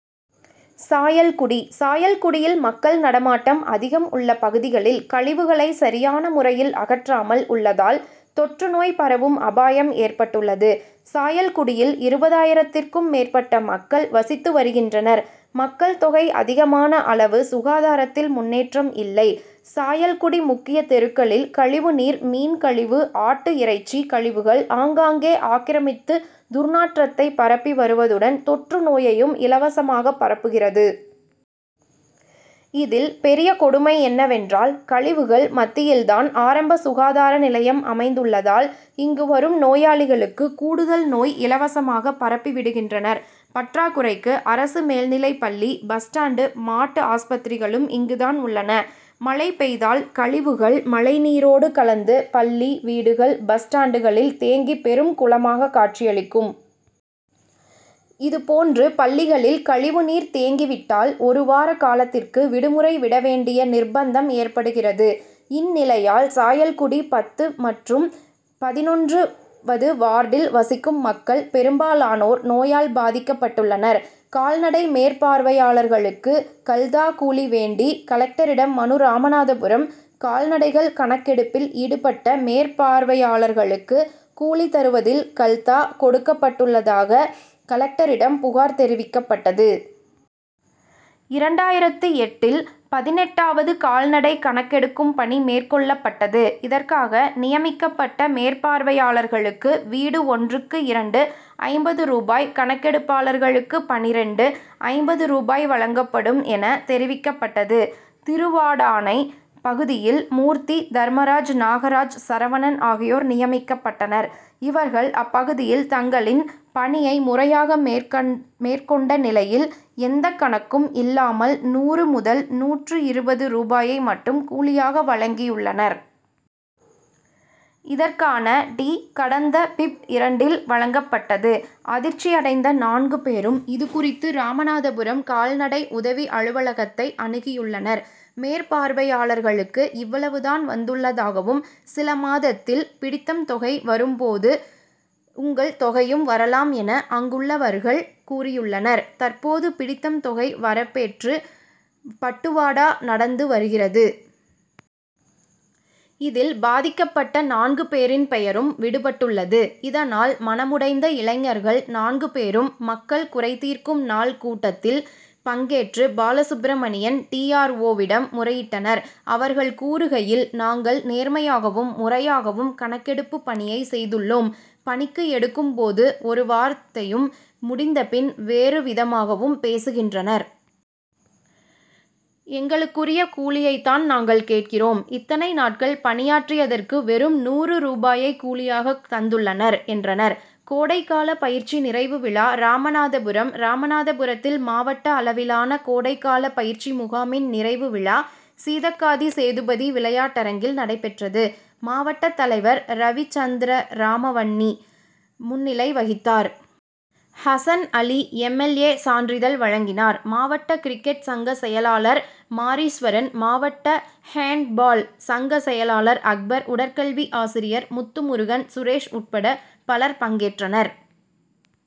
சாயல்குடி சாயல்குடியில் மக்கள் நடமாட்டம் அதிகம் உள்ள பகுதிகளில் கழிவுகளை சரியான முறையில் அகற்றாமல் உள்ளதால் தொற்று நோய் பரவும் அபாயம் ஏற்பட்டுள்ளது. சாயல்குடியில் இருபதாயிரத்திற்கும் மேற்பட்ட மக்கள் வசித்து வருகின்றனர். மக்கள் தொகை அதிகமான அளவு சுகாதாரத்தில் முன்னேற்றம் இல்லை. சாயல்குடி முக்கிய தெருக்களில் கழிவு நீர், மீன் கழிவு, ஆட்டு இறைச்சி கழிவுகள் ஆங்காங்கே ஆக்கிரமித்து துர்நாற்றத்தை பரப்பி வருவதுடன் தொற்று நோயையும் இலவசமாக பரப்புகிறது. இதில் பெரிய கொடுமை என்னவென்றால் கழிவுகள் மத்தியில்தான் ஆரம்ப சுகாதார நிலையம் அமைந்துள்ளதால் இங்கு வரும் நோயாளிகளுக்கு கூடுதல் நோய் இலவசமாக பரப்பிவிடுகின்றனர். பற்றாக்குறைக்கு அரசு மேல்நிலைப் பள்ளி, பஸ் ஸ்டாண்டு, மாட்டு ஆஸ்பத்திரிகளும் இங்குதான் உள்ளன. மழை பெய்தால் கழிவுகள் மழைநீரோடு கலந்து பள்ளி, வீடுகள், பஸ் ஸ்டாண்டுகளில் தேங்கி பெரும் குளமாக காட்சியளிக்கும். இது போன்று பள்ளிகளில் கழிவுநீர் தேங்கிவிட்டால் ஒரு வார காலத்திற்கு விடுமுறை விடவேண்டிய நிர்ப்பந்தம் ஏற்படுகிறது. இந்நிலையால் சாயல்குடி பத்து மற்றும் பதினொன்று வது வார்டில் வசிக்கும் மக்கள் பெரும்பாலானோர் நோயால் பாதிக்கப் பட்டுள்ளனர். கால்நடை மேற்பார்வையாளர்களுக்கு கல்தா கூலி வேண்டி கலெக்டரிடம் மனு ராமநாதபுரம் கால்நடைகள் கணக்கெடுப்பில் ஈடுபட்ட மேற்பார்வையாளர்களுக்கு கூலி தருவதில் கல்தா' கொடுக்கப்பட்டதாக, கலெக்டரிடம் புகார் தெரிவிக்கப்பட்டது. இரண்டாயிரத்து எட்டு இல் பதினெட்டாவது கால்நடை கணக்கெடுக்கும் பணி மேற்கொள்ளப்பட்டது. இதற்காக நியமிக்கப்பட்ட மேற்பார்வையாளர்களுக்கு வீடு ஒன்றுக்கு இரண்டு.ஐம்பது ரூபாய், கணக்கெடுப்பாளருக்கு பன்னிரண்டு. ஐம்பது ரூபாய் வழங்கப்படும் என தெரிவிக்கப்பட்டது. திருவாடானை பகுதியில் மூர்த்தி, தர்மராஜ், நாகராஜ், சரவணன் ஆகியோர் நியமிக்கப்பட்டனர். இவர்கள் அப்பகுதியில் தங்களின் பணியை முறையாக மேற்கொண்ட நிலையில், எந்த கணக்கும் இல்லாமல், நூறு முதல் நூற்று இருபது ரூபாயை மட்டும் கூலியாக வழங்கியுள்ளனர். இதற்கான டி. கடந்த பிப்.,இரண்டில் வழங்கப்பட்டது. அதிர்ச்சி அடைந்த நான்கு பேரும், இது குறித்து ராமநாதபுரம் கால்நடை உதவி அலுவலகத்தை அனுகியுள்ளனர். மேற்பார்வையாளர்களுக்கு இவ்வளவு தான் வந்துள்ளதாகவும், சில மாதத்தில் பிடித்தம் தொகை வரும் போது, உங்கள் தொகையும் வரலாம் என, அங்குள்ளவர்கள் கூறியுள்ளனர். தற்போது பிடித்தம் தொகை வரப்பேற்று பட்டுவாடா நடந்து வருகிறது. இதில் பாதிக்கப்பட்ட நான்கு பேரின் பெயரும் விடுபட்டுள்ளது. இதனால் மனமுடைந்த இளைஞர்கள் நான்கு பேரும் மக்கள் குறைதீர்க்கும் நாள் கூட்டத்தில் பங்கேற்று, பாலசுப்பிரமணியன் டி. ஆர். ஓ.,விடம் முறையிட்டனர். அவர்கள் கூறுகையில், நாங்கள் நேர்மையாகவும், முறையாகவும் கணக்கெடுப்பு பணியை செய்துள்ளோம். பணிக்கு எடுக்கும் போது ஒரு வார்த்தையும், முடிந்த பின் வேறுவிதமாகவும் பேசுகின்றனர். எங்களுக்குரிய கூலியை தான் நாங்கள் கேட்கிறோம். இத்தனை நாட்கள் பணியாற்றியதற்கு வெறும் நூறு ரூபாயை கூலியாக தந்துள்ளனர், என்றனர். கோடை கால பயிற்சி நிறைவு விழா ராமநாதபுரம் ராமநாதபுரத்தில் மாவட்ட அளவிலான கோடைகால பயிற்சி முகாமின் நிறைவு விழா சீதக்காதி சேதுபதி விளையாட்டரங்கில் நடைபெற்றது. மாவட்ட தலைவர் ரவிசந்திரராமவன்னி முன்னிலை வகித்தார். Hasan Ali M. L. A. சான்றிதழ் வழங்கினார். மாவட்ட கிரிக்கெட் சங்க செயலாளர் மாரீஸ்வரன், மாவட்ட ஹேண்ட்பால் சங்க செயலாளர் அக்பர், உடற்கல்வி ஆசிரியர் முத்துமுருகன் சுரேஷ் உட்பட பலர் பங்கேற்றனர்.